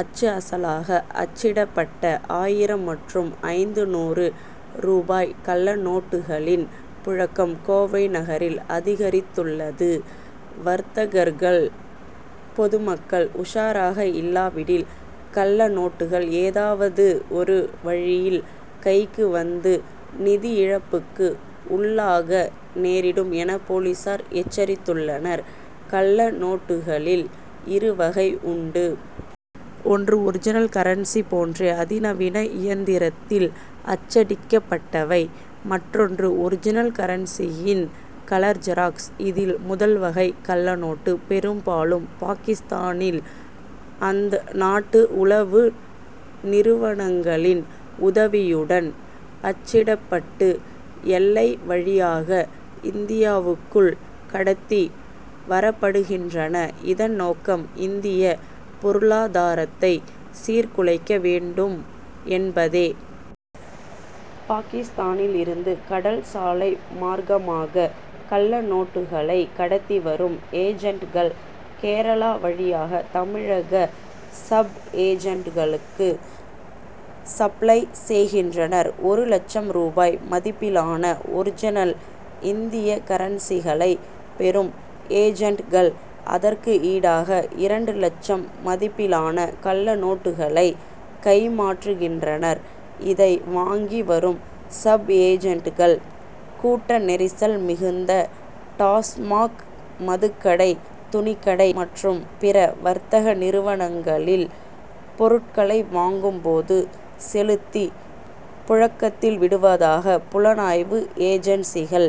அச்சு அசலாக அச்சிடப் பட்ட ஆயிரம் மற்றும் ஐந்நூறு ரூபாய் கள்ளநோட்டுகளின் புழக்கம் கோவை நகரில் அதிகரித்துள்ளது. வர்த்தகர்கள் பொதுமக்கள் உஷாராக இல்லாவிடில் கள்ளநோட்டுகள் ஏதாவது ஒரு வழியில் கைக்கு வந்து நிதியிழப் புக்கு உள்ளாக நேரிடும் என போலீசார் எச்சரித்துள் ளனர். கள்ளநோட்டுகளில் இரு வகை உண்டு. ஒன்று ஒரிஜினல் கரன்சி போன்றே அதிநவீன இயந்திரத்தில் அச்சடிக்கப்பட்டவை. மற் றொன்று ஒரிஜினல் கரன்சி யின் கலர் ஜெராக்ஸ். இதில் முதல் வகை கள்ளநோட்டு பெரும் பாலும் பாகிஸ்தானில் அந் நாட்டு உளவு நிறுவனங் களின் உதவியுடன் அச் சிடப்பட்டு எல்லை வழியாக இந்தியாவுக்குள் கடத்தி வரப்படுகின்றன இதன் நோக்கம் இந்திய பொருளாதாரத்தை சீர் குலைக்க வேண்டும் என் பதே. பாகிஸ்தானில் இருந்து கடல் சாலை மார்க்கமாக கள்ளநோட்டுகளை கடத்தி வரும் ஏஜன்ட்கள் கேரளா வழியாக தமிழக சப் ஏஜன்ட்களுக்கு சப்ளை செய்கின்றனர். ஒரு லட்சம் ரூபாய் மதிப்பிலான ஒரிஜினல் இந்திய கரன்சிகளை பெறும் ஏஜன்ட்கள் அதற்கு ஈடாக இரண்டு லட்சம் மதிப்பிலான கள்ளநோட்டுகளை கைமாற்றுகின்றனர். இதை வாங்கி வரும் சப் ஏஜன்ட்கள் கூட்ட நெரிசல் மிகுந்த டாஸ்மாக் மதுக்கடை துணிக்கடை மற்றும் பிற வர்த்தக நிறுவனங்களில் பொருட்களை வாங்கும் போது செலுத்தி புழக்கத்தில் விடுவதாக புலனாய்வு ஏஜன்சிகள்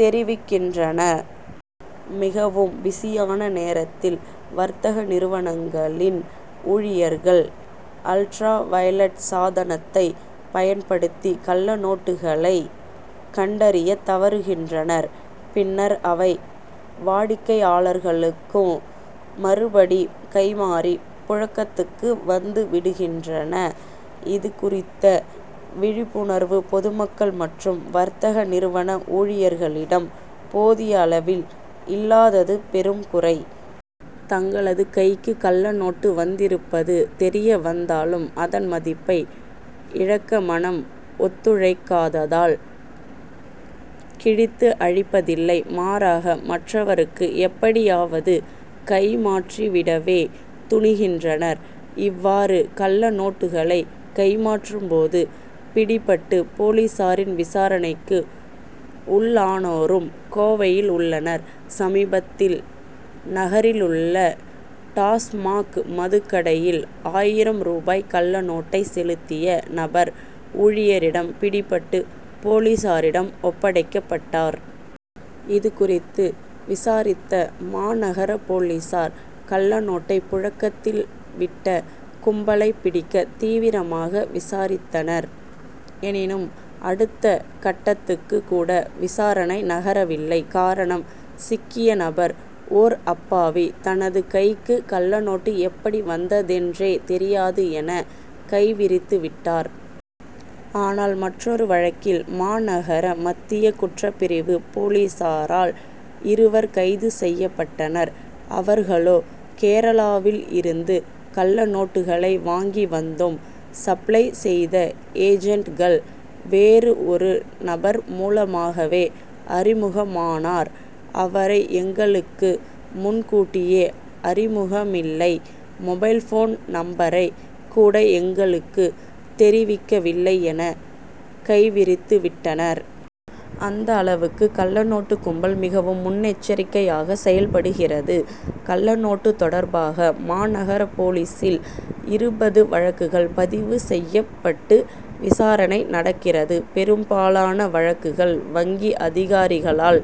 தெரிவிக்கின்றன. மிகவும் பிஸியான நேரத்தில் வர்த்தக நிறுவனங்களின் ஊழியர்கள் அல்ட்ரா வயலட் சாதனத்தை பயன்படுத்தி கள்ளநோட்டுகளை கண்டறிய தவறுகின்றனர். பின்னர் அவை வாடிக்கையாளர்களுக்கு மறுபடியும் கைமாறி புழக்கத்துக்கு வந்துவிடுகின்றன. இது குறித்த விழிப் புணர்வு பொதுமக்கள் மற்றும் வர்த்தக நிறுவன ஊழியர்களிடம் போதிய அளவில் இல்லாதது பெரும் குறை. தங்களது கைக்கு கள்ள நோட்டு வந்திருப்பது தெரிய வந்தாலும் அதன் மதிப்பை இழக்க மனம் ஒத்துழைக்காததால் கிழித்து அழிப்பதில்லை. மாறாக மற்றவருக்கு எப்படியாவது கைமாற்றிவிடவே துணிகின்றனர். இவ்வாறு கள்ளநோட்டுகளை கைமாற்றும் போது பிடிபட்டு போலீசாரின் விசாரணைக்கு உள்ளானோரும் கோவையில் உள்ளனர். சமீபத்தில் நகரிலுள்ள டாஸ்மாக் மதுக் கடையில் ஆயிரம் ரூபாய் கள்ள நோட்டை செலுத்திய நபர் ஊழியரிடம் பிடிபட்டு போலீசாரிடம் ஒப்படைக்கப்பட்டார். இது குறித்து விசாரித்த மாநகர போலீசார் கள்ளநோட்டை புழக்கத்தில் விட்ட கும்பலை பிடிக்க தீவிரமாக விசாரித்தனர். எனினும் அடுத்த கட்டத் துக்கு கூட விசாரணை நகரவில்லை காரணம் சிக்கிய நபர் ஓர் அப்பாவி. தனது கைக்கு கள்ளநோட்டு எப்படி வந்ததென்றே தெரியாது என கைவிரித்து விட்டார். ஆனால் மற்றொரு வழக்கில் மாநகர மத்திய குற்றப்பிரிவு போலீசாரால் இருவர் கைது செய்யப்பட்டனர். அவர்களோ கேரளாவில் இருந்து கள்ளநோட்டுகளை வாங்கி வந்தோம். சப்ளை செய்த ஏஜன்ட்கள் வேறு ஒரு நபர் மூலமாகவே அறிமுகமானார். அவரை எங்களுக்கு முன் கூட்டியே அறிமுகமில்லை. மொபைல் போன் நம்பரை கூட எங்களுக்கு தெரிவிக்கவில்லை என கைவிரித்துவிட்டனர். அந்த அளவுக்கு கள்ளநோட்டு கும்பல் மிகவும் முன்னெச்சரிக்கையாக செயல்படுகிறது. கள்ளநோட்டு தொடர் பாக மாநகர போலீசில் இருபது வழக்குகள் பதிவு செய்யப் பட்டு விசாரணை நடக் கிறது. பெரும்பாலான வழக்குகள் வங்கி அதிகாரிகளால்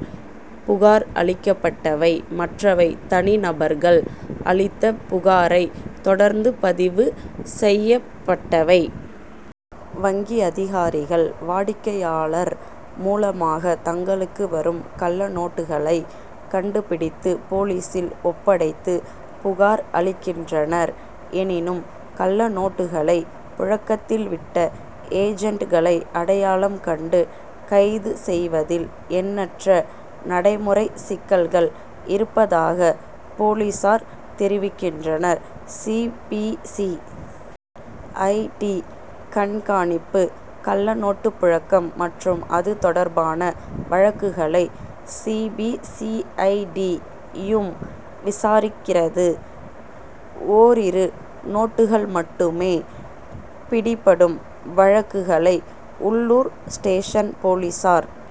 புகார் அளிக்கப்பட்டவை மற்றவை தனி நபர்கள் அளித்த புகாரை தொடர்ந்து பதிவு செய்யப்பட்டவை. வங்கி அதிகாரிகள் வாடிக்கையாளர் மூலமாக தங்களுக்கு வரும் கள்ளநோட்டுகளை கண்டுபிடித்து போலீசில் ஒப் படைத்து புகார் அளிக்கின்றனர். எனினும் கள்ளநோட்டுகளை புழக்கத்தில் விட்ட ஏஜன்ட்களை அடையாளம் கண்டு கைது செய் வதில் எண்ணற்ற நடைமுறை சிக்கல்கள் இருப்பதாக போலீசார் தெரிவிக் கின்றனர். C. B. C. I. D. கண்காணிப்பு கள்ளநோட்டு புழக்கம் மற்றும் அது தொடர்பான வழக்குகளை C. B. C. I. D. யும் விசாரிக்கிறது. ஓரிரு நோட்டுகள் மட்டுமே பிடிபடும் வழக்குகளை உள்ளூர் ஸ்டேஷன் போலீசார்